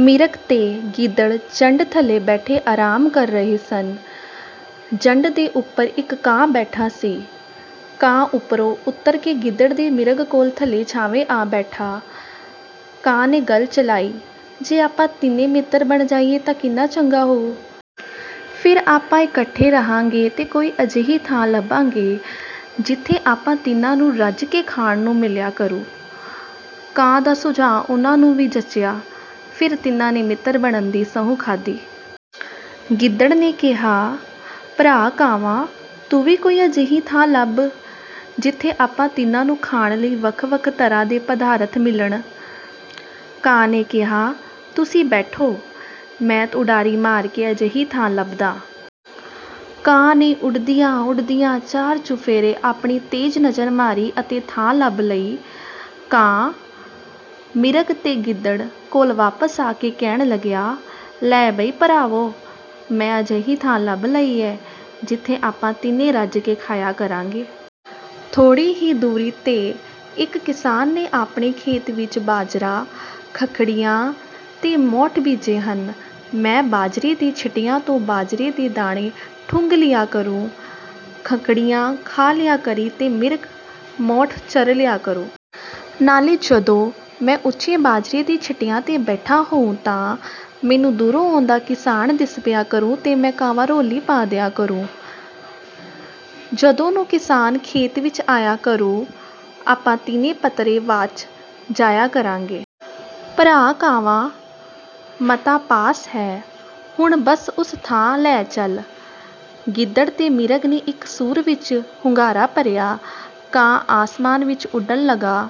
ਮਿਰਗ ਤੇ ਗਿੱਦੜ ਜੰਡ ਥੱਲੇ ਬੈਠੇ ਆਰਾਮ ਕਰ ਰਹੇ ਸਨ। ਜੰਡ ਦੇ ਉੱਪਰ ਇੱਕ ਕਾਂ ਬੈਠਾ ਸੀ। ਕਾਂ ਉੱਪਰੋਂ ਉੱਤਰ ਕੇ ਗਿੱਦੜ ਤੇ ਮਿਰਗ ਕੋਲ ਥੱਲੇ ਛਾਵੇਂ ਆ ਬੈਠਾ। ਕਾਂ ਨੇ ਗੱਲ ਚਲਾਈ, ''ਜੇ ਆਪਾਂ ਤਿੰਨੇ ਮਿੱਤਰ ਬਣ ਜਾਈਏ ਤਾਂ ਕਿੰਨਾ ਚੰਗਾ ਹੋਊ। ਫਿਰ ਆਪਾਂ ਇਕੱਠੇ ਰਹਾਂਗੇ ਤੇ ਕੋਈ ਅਜਿਹੀ ਥਾਂ ਲੱਭਾਂਗੇ, ਜਿੱਥੇ ਆਪਾਂ ਤਿੰਨਾਂ ਨੂੰ ਰੱਜ ਕੇ ਖਾਣ ਨੂੰ ਮਿਲਿਆ ਕਰੂ।'' ਕਾਂ ਦਾ ਸੁਝਾਅ ਉਨ੍ਹਾਂ ਨੂੰ ਵੀ ਜਚਿਆ। ਫਿਰ ਤਿੰਨਾਂ ਨੇ ਮਿੱਤਰ ਬਣਨ ਦੀ ਸਹੁੰ ਖਾਧੀ। ਗਿੱਦੜ ਨੇ ਕਿਹਾ, ''ਭਰਾ ਕਾਵਾਂ, ਤੂੰ ਹੀ ਕੋਈ ਅਜਿਹੀ ਥਾਂ ਲੱਭ, ਜਿੱਥੇ ਆਪਾਂ ਤਿੰਨਾਂ ਨੂੰ ਖਾਣ ਲਈ ਵੱਖ-ਵੱਖ ਤਰ੍ਹਾਂ ਦੇ ਪਦਾਰਥ ਮਿਲਣ।'' ਕਾਂ ਨੇ ਕਿਹਾ, ''ਤੁਸੀਂ ਬੈਠੋ, ਮੈਂ ਉਡਾਰੀ ਮਾਰ ਕੇ ਅਜਿਹੀ ਥਾਂ ਲੱਭਦਾਂ।'' ਕਾਂ ਨੇ ਉੱਡਦਿਆਂ-ਉੱਡਦਿਆਂ ਚਾਰ-ਚੁਫੇਰੇ ਆਪਣੀ ਤੇਜ਼ ਨਜ਼ਰ ਮਾਰੀ ਅਤੇ ਥਾਂ ਲੱਭ ਲਈ। ਕਾਂ, ਮਿਰਗ ਤੇ ਗਿੱਦੜ ਕੋਲ ਵਾਪਸ ਆ ਕੇ ਕਹਿਣ ਲੱਗਿਆ, ''ਲੈ ਬਈ ਭਰਾਵੋਂ! ਮੈਂ ਅਜਿਹੀ ਥਾਂ ਲੱਭ ਲਈ ਹੈ, ਜਿੱਥੇ ਆਪਾਂ ਤਿੰਨੇ ਰੱਜ ਕੇ ਖਾਇਆ ਕਰਾਂਗੇ। ਥੋੜ੍ਹੀ ਹੀ ਦੂਰੀ 'ਤੇ ਇੱਕ ਕਿਸਾਨ ਨੇ ਆਪਣੇ ਖੇਤ ਵਿੱਚ ਬਾਜਰਾ, ਖੱਖੜੀਆਂ ਤੇ ਮੋਠ ਬੀਜੇ ਹਨ। ਮੈਂ ਬਾਜਰੇ ਦੇ ਛਿੱਟਿਆਂ ਤੋਂ ਬਾਜਰੇ ਦੇ ਦਾਣੇ ਠੁੰਗ ਲਿਆ ਕਰੂੰ, ਖੱਖੜੀਆਂ ਖਾ ਲਿਆ ਕਰੀਂ ਤੇ ਮਿਰਗ ਮੋਠ ਚਰ ਲਿਆ ਕਰੂ। ਨਾਲੇ ਜਦੋਂ ਮੈਂ ਉੱਚੇ ਬਾਜਰੇ ਦੇ ਛਿੱਟਿਆਂ 'ਤੇ ਬੈਠਾ ਹੋਊਂ ਤਾਂ ਮੈਨੂੰ ਦੂਰੋਂ ਆਉਂਦਾ ਕਿਸਾਨ ਦਿਸ ਪਿਆ ਕਰੂ ਤੇ ਮੈਂ ਕਾਵਾਂ-ਰੌਲੀ ਪਾ ਦਿਆਂ ਕਰੂੰ। ਜਦੋਂ ਨੂੰ ਕਿਸਾਨ ਖੇਤ ਵਿੱਚ ਆਇਆ ਕਰੂ, ਆਪਾਂ ਤਿੰਨੇ ਪੱਤਰੇ ਵਾਚ ਜਾਇਆ ਕਰਾਂਗੇ।" ''ਭਰਾ ਕਾਵਾਂ, ਮਤਾ ਪਾਸ ਹੈ, ਹੁਣ ਬਸ ਉਸ ਥਾਂ ਲੈ ਚੱਲ।'' ਗਿੱਦੜ ਤੇ ਮਿਰਗ ਨੇ ਇੱਕ ਸੁਰ ਵਿੱਚ ਹੁੰਗਾਰਾ ਭਰਿਆ। ਕਾਂ ਅਸਮਾਨ ਵਿੱਚ ਉੱਡਣ ਲੱਗਾ।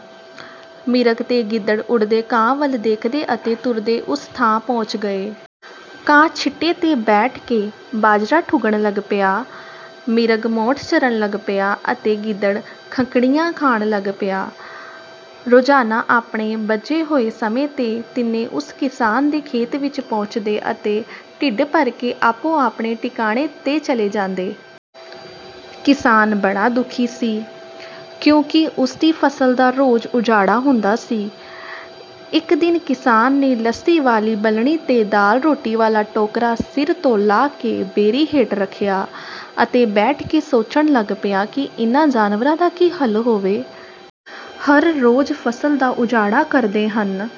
ਮਿਰਗ ਤੇ ਗਿੱਦੜ ਉੱਡਦੇ ਕਾਂ ਵੱਲ ਦੇਖਦੇ ਅਤੇ ਤੁਰਦੇ ਉਸ ਥਾਂ ਪਹੁੰਚ ਗਏ। ਕਾਂ ਛਿੱਟੇ 'ਤੇ ਬੈਠ ਕੇ ਬਾਜਰਾ ਠੁੰਗਣ ਲੱਗ ਪਿਆ, ਮਿਰਗ ਮੋਠ ਚਰਨ ਲੱਗ ਪਿਆ ਅਤੇ ਗਿੱਦੜ ਖੱਖੜੀਆਂ ਖਾਣ ਲੱਗ ਪਿਆ। ਰੋਜ਼ਾਨਾ ਆਪਣੇ ਬੱਝੇ ਹੋਏ ਸਮੇਂ 'ਤੇ ਤਿੰਨੇ ਉਸ ਕਿਸਾਨ ਦੇ ਖੇਤ ਵਿੱਚ ਪਹੁੰਚਦੇ ਅਤੇ ਢਿੱਡ ਭਰ ਕੇ ਆਪੋ-ਆਪਣੇ ਟਿਕਾਣੇ 'ਤੇ ਚਲੇ ਜਾਂਦੇ। ਕਿਸਾਨ ਬੜਾ ਦੁਖੀ ਸੀ, ਕਿਉਂਕਿ ਉਸ ਦੀ ਫ਼ਸਲ ਦਾ ਰੋਜ਼ ਉਜਾੜਾ ਹੁੰਦਾ ਸੀ। ਇੱਕ ਦਿਨ ਕਿਸਾਨ ਨੇ ਲੱਸੀ ਵਾਲੀ ਬਲਣੀ ਤੇ ਦਾਲ-ਰੋਟੀ ਵਾਲਾ ਟੋਕਰਾ ਸਿਰ ਤੋਂ ਲਾਹ ਕੇ ਬੇਰੀ ਹੇਠ ਰੱਖਿਆ ਅਤੇ ਬੈਠ ਕੇ ਸੋਚਣ ਲੱਗ ਪਿਆ ਕਿ ਇਨ੍ਹਾਂ ਜਾਨਵਰਾਂ ਦਾ ਕੀ ਹੱਲ ਹੋਵੇ? ਹਰ ਰੋਜ਼ ਫ਼ਸਲ ਦਾ ਉਜਾੜਾ ਕਰਦੇ ਹਨ।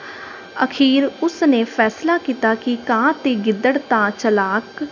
ਅਖੀਰ ਉਸ ਨੇ ਫ਼ੈਸਲਾ ਕੀਤਾ ਕਿ ਕਾਂ ਤੇ ਗਿੱਦੜ ਤਾਂ ਚਲਾਕ...